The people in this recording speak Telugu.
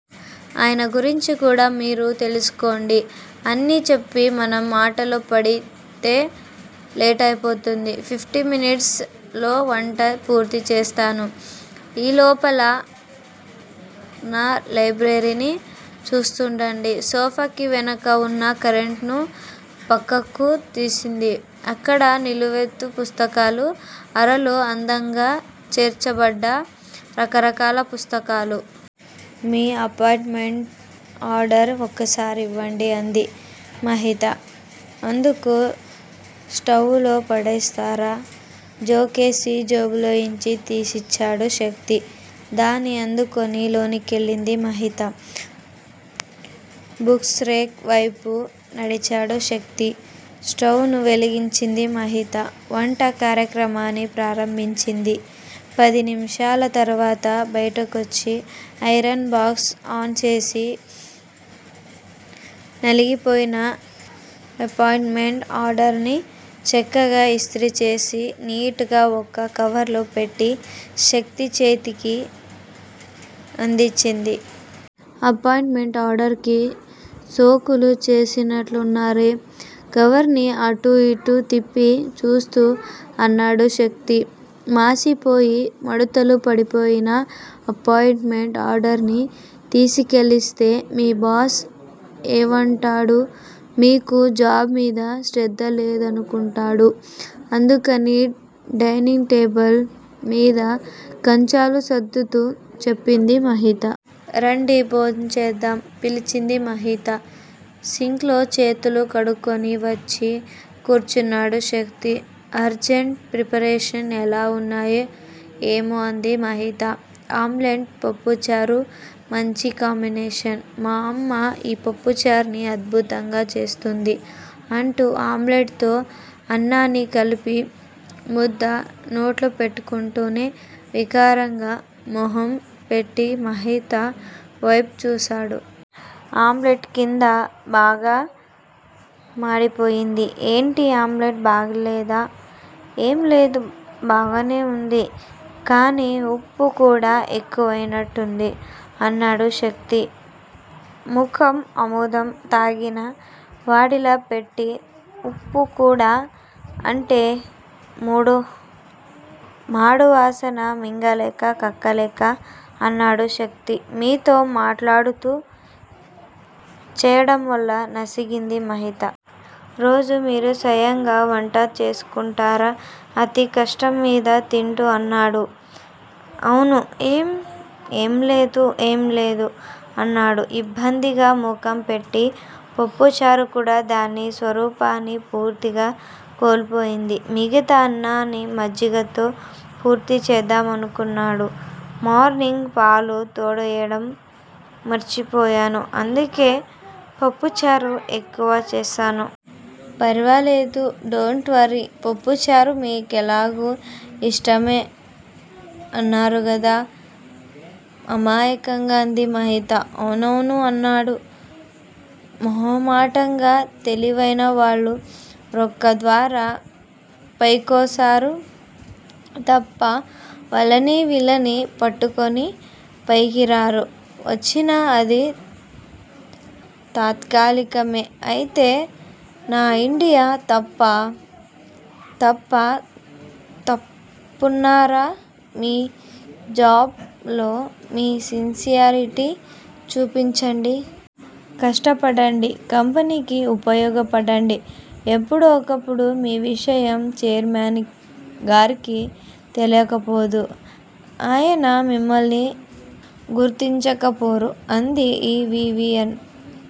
ఆయన గురించి కూడా మీరు తెలుసుకోండి అని చెప్పి మనం మాటల్లో పడితే లేటయిపోతుంది ఫిఫ్టీన్ మినిట్స్ లో వంట పూర్తి చేస్తాను ఈలోపల న లైబ్రరీని చూస్తుండండి సోఫాకి వెనుక వున్న కరెంటును ప్రక్కకు తీసింది. అక్కడ నిలువెత్తు పుస్తకాల అరలో అందంగా పేర్చబడ్డ రకరకాల పుస్తకాలు. మీ అపాయింట్ మెంట్ ఆర్డర్ ఒకసారివ్వండి అంది మహిత. అందుకు స్టవ్వులో పడేస్తారా జోకేసి జేబులోంచి తీసిచ్చాడు శక్తి. దాన్ని అందుకొని లోనికెళ్ళింది మహిత. బుక్స్ రేక్ వైపు నడిచాడు శక్తి. స్టవ్వును వెలిగించింది మహిత. వంట కార్యక్రమాన్ని ప్రారంభించింది. పది నిమిషాల తర్వాత బయటికొచ్చి, ఐరన్ బాక్స్ ఆన్ చేసి నలిగిపోయిన ఎపాయింట్ మెంట్ ఆర్డర్ ని, చక్కగా ఇస్త్రీ చేసి, నీట్ గా ఒక కవర్లో పెట్టి, శక్తి చేతి అందించింది. ఎపాయింట్ మెంట్ ఆర్డర్ కి షోకులు చేసినట్లున్నారే కవర్ని అటూ ఇటూ త్రిప్పి చూస్తూ అన్నాడు శక్తి. మాసిపోయి, ముడుతలు పడిపోయిన ఎపాయింట్ మెంట్ ఆర్డర్ ని తీసికెళ్ళిస్తే- మీ బాస్ ఏవంటాడు మీకు జాబు మీద శ్రద్ధ లేదనుకొంటాడు. అందుకని డైనింగ్ టేబుల్ మీద కంచాలు సర్దుతూ చెప్పింది మహిత. రండి భోంచేద్దాం పిలిచింది మహిత. సింక్ లో చేతులు కడుక్కొని వచ్చి కూర్చున్నాడు శక్తి. అర్జంట్ ప్రిపరేషన్స్ ఎలా వున్నాయో ఏమో అంది మహిత. ఆమ్లెట్ పప్పుచారు మంచి కాంబినేషన్ మా అమ్మ ఈ పప్పుచారుని అద్భుతంగా చేస్తుంది అంటూ ఆమ్లెట్ తో అన్నాన్ని కలిపి, ముద్ద నోట్లో పెట్టుకుంటూనే వికారంగా మొహం పెట్టి మహిత వేపు చూసాడు. ఆమ్లెట్ కింద బాగా మాడిపోయింది. ఏంటి ఆమ్లెట్ బాగాలేదా ఏంలేదు- బాగానేవుంది- కానీ ఉప్పు కూడా ఎక్కువైనట్లుంది అన్నాడు శక్తి మొఖం ఆముదం తాగిన వాడిలా పెట్టి. ఉప్పు కూడా అంటే? మాడువాసన మింగలేక, కక్కలేక అన్నాడు శక్తి. మీతో మాట్లాడుతూ చేయడంవల్ల నసిగింది మహిత. రోజూ మీరే స్వయంగా వంట చేసుకుంటారా అతి కష్టమ్మీద తింటూ అన్నాడు. అవును ఏం? ఏం లేదు ఏం లేదు అన్నాడు ఇబ్బందిగా మొఖం పెట్టి. పప్పుచారు కూడా దాని స్వరూపాన్ని పూర్తిగా కోల్పోయింది. మిగతా అన్నాన్ని మజ్జిగతో పూర్తి చేసేద్దామనుకున్నాడు. మార్నింగ్ పాలు తోడుఎయడం మర్చిపోయాను అందుకే పప్పుచారు ఎక్కువ చేసాను. ఫర్వాలేదు డోంట్ వర్రీ పప్పుచారు మీకెలాగూ ఇష్టమే అన్నారుగదా అమాయకంగా అంది మహిత. అవునవును అన్నాడు మొహమాటంగా. తెలివైనవాళ్ళు వర్క్ ద్వారా పైకొస్తారు తప్ప వాళ్ళనీ, వీళ్ళనీ పట్టుకొని పైకిరారు. వచ్చినా అది తాత్కాలికమే. అయితే నా ఐడియా తప్పా? తప్పా- తప్పున్నరా మీ జాబ్ లో మీ సిన్సియారిటీ చూపించండి. కష్టపడండి. కంపెనీకి ఉపయోగపడండి ఎప్పుడో ఒకప్పుడు మీ విషయం ఛైర్మన్ గారికి తెలీకపోదు. ఆయన మిమ్మల్ని గుర్తించకపోరు అది ఈ వి. వి. ఎన్